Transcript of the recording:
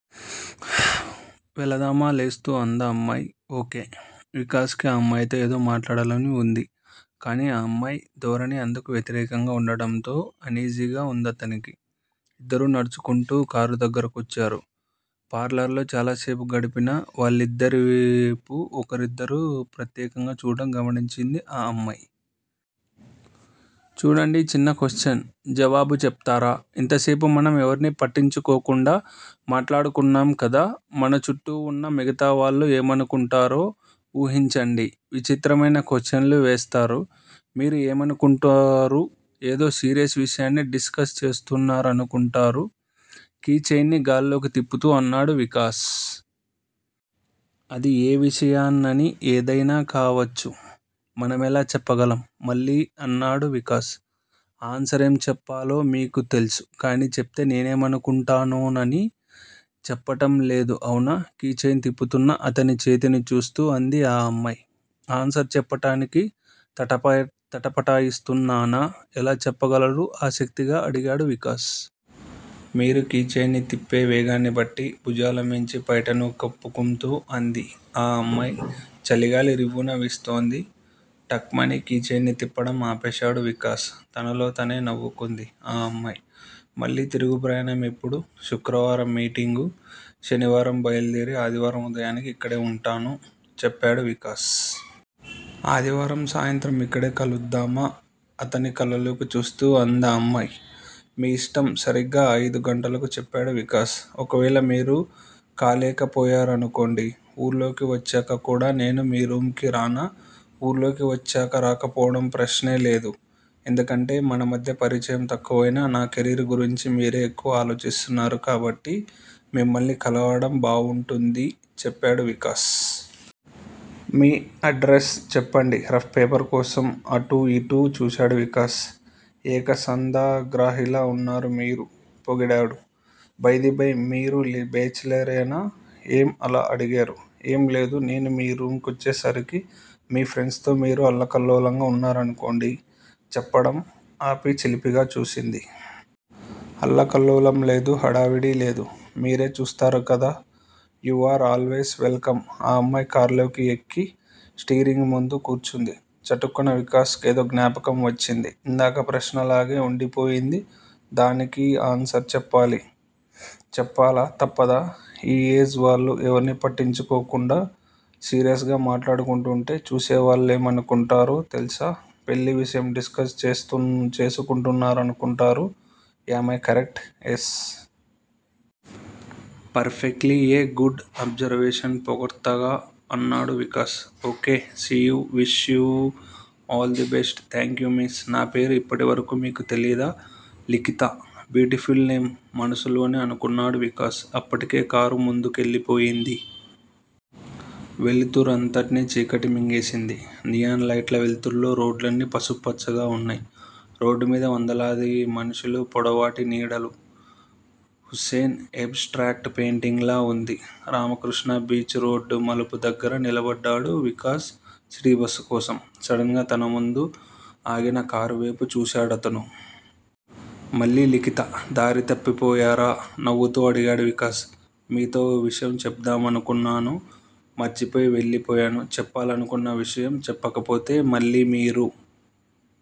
వెళదామా లేస్తూ అందా అమ్మాయి. ఓ. కె. వికాస్ కి ఆ అమ్మాయితో ఏదో మాట్లాడాలని వుంది. కానీ ఆ అమ్మాయి ధోరణి అందుకు వ్యతిరేకంగా వుండడంతో అనీజీగా వుందతనికి. ఇద్దరూ నడుచుకుంటూ కారు దగ్గరకొచ్చారు. పార్లర్ లో చాలాసేపు గడిపిన వాళ్ళిద్దరివేపు ఒకరిద్దరు ప్రత్యేకంగా చూడటం గమనించింది ఆ అమ్మాయి. చూడండి చిన్న క్వశ్చన్ జవాబు చెప్తారా ఇంతసేపు మనం ఎవర్నీ పట్టించుకోకుండా మాట్లాడుకున్నాం కదా మన చుట్టూ వున్న మిగతావాళ్ళు ఏమనుకుంటారో వూహించండి విచిత్రమైన క్వశ్చన్లు వేస్తారు మీరు ఏమనుకుంటారు ఏదో సీరియస్ విషయాన్ని డిస్ కస్ చేస్తున్నారనుకుంటారు కీ చెయిన్ని గాల్లోకి తిప్పుతూ అన్నాడు వికాస్. అదే ఏ విషయాన్నని ఏదయినా కావచ్చు మనమెలా చెప్పగలం మళ్ళీ అన్నాడు వికాస్. ఆన్సరేం చెప్పాలో మీకు తెల్సు కానీ చెప్తే నేనేమనుకుంటానోనని చెప్పటం లేదు అవునా? కీ చెయిన్ తిప్పుతున్న అతని చేతిని చూస్తూ అంది ఆ అమ్మాయి. ఆన్సర్ చెప్పటానికి తటపటాయిస్తున్నానా ఎలా చెప్పగలరు ఆసక్తిగా అడిగాడు వికాస్. మీరు కీ చెయిన్ ని తిప్పే వేగాన్ని బట్టి భుజాలమీంచి పైటను కప్పుకుమ్తూ అంది ఆ అమ్మాయి చలిగాలి రివ్వున వీస్తోంది. టక్ మని కీ చెయిన్ ని తిప్పడం ఆపేశాడు వికాస్. తనలో తనే నవ్వుకుంది ఆ అమ్మాయి. మళ్ళీ తిరుగు ప్రయాణం ఎప్పుడు శుక్రవారం మీటింగు శనివారం బయలుదేరి, ఆదివారం ఉదయానికి ఇక్కడే వుంటాను చెప్పాడు వికాస్. ఆదివారం సాయంత్రం యిక్కడే కలుద్దామా అతని కళ్ళల్లోకి చూస్తూ అందా అమ్మాయి. మీ యిష్టం సరిగ్గా అయిదు గంటలకు చెప్పాడు వికాస్. ఒకవేళ మీరు కాలేకపోయారనుకొండి ఊర్లోకి వచ్చాక కూడా నేను మీ రూమ్ కి రానా వూర్లోకి వచ్చాక రాకపోవడం ప్రశ్నలేదు. ఎందుకంటే మన మధ్య పరిచయం తక్కువయినా నా కెరీర్ గురించి మీరే ఎక్కువ ఆలోచిస్తున్నారు కాబట్టి మిమ్మల్ని కలవడం బావుంటుంది చెప్పాడు వికాస్. మీ ఎడ్రస్ చెప్పండి రఫ్ పేపర్ కోసం అటూ యిటూ చూశాడు వికాస్. ఏక సంధాగ్రాహిలా వున్నారు మీరు పొగిడాడు. బైదిబై మీరు బేచిలరేనా ఏం అలా అడిగేరు? ఏం లేదు నేను మీ రూమ్ కొచ్చేసరికి మీ ఫ్రెండ్స్ తో మీరు అల్లకల్లోలంగా వున్నారనుకోండి చెప్పడం ఆపి చిలిపిగా చూసింది. అల్లకల్లోలం లేదు హడావుడీ లేదు మీరే చూస్తారు కదా you are always welcome ఆ అమ్మాయి కార్లోకి ఎక్కి, స్టీరింగ్ ముందు కూర్చుంది. చటుక్కున వికాస్ కేదో జ్ఞాపకం వచ్చింది. ఇందాక ప్రశ్న ప్రశ్నలాగే వుండిపోయింది దానికి ఆన్సర్ చెప్పాలి. చెప్పాలా తప్పదా ఈ ఏజ్ వాళ్ళు, ఎవర్నీ పట్టించుకోకుండా సీరియస్ గా మాట్లాడుకుంటుంటే, చూసేవాళ్ళేవనుకుంటారో తెల్సా పెళ్ళి విషయం డిస్ కస్ చేసుకుంటున్నారనుకుంటారు am I correct yes. Perfectly a good observation పొగడ్తగా అన్నాడు Vikas. Okay. See you wish you all the best thank you miss నా పేరు ఇప్పటివరకూ మీకు తెలీదా లిఖిత 'బ్యూటిఫుల్ నేమ్' మనసులోనే అనుకున్నాడు వికాస్. అప్పటికే కారు ముందుకెళ్ళిపోయింది. వెలుతురంతట్నీ చీకటి మింగేసింది. నియాన్ లైట్ల వెల్తురులో రోడ్లన్నీ పసుపుపచ్చగా ఉన్నాయి. రోడ్డుమీద వందలాది మనుషుల పొడవాటి నీడలు. హుసేన్ 'ఎబ్ స్ట్రాక్ట్ పెయిటింగ్'లా వుంది. రామకృష్టా బీచ్ రోడ్డు మలుపు దగ్గర నిలబడ్డాడు వికాస్ సిటీ బస్సు కోసం. సడన్ గా తన ముందు ఆగిన కారువేపు చూశాడతను. మళ్ళీ లిఖిత. దారి తప్పిపోయారా నవ్వుతూ అడిగాడు వికాస్. మీతో ఓ విషయం చెప్దామనుకున్నాను మర్చిపోయి వెళ్ళి పోయాను చెప్పాలనుకున్న విషయం చెప్పకపోతే, మళ్ళీ మీరు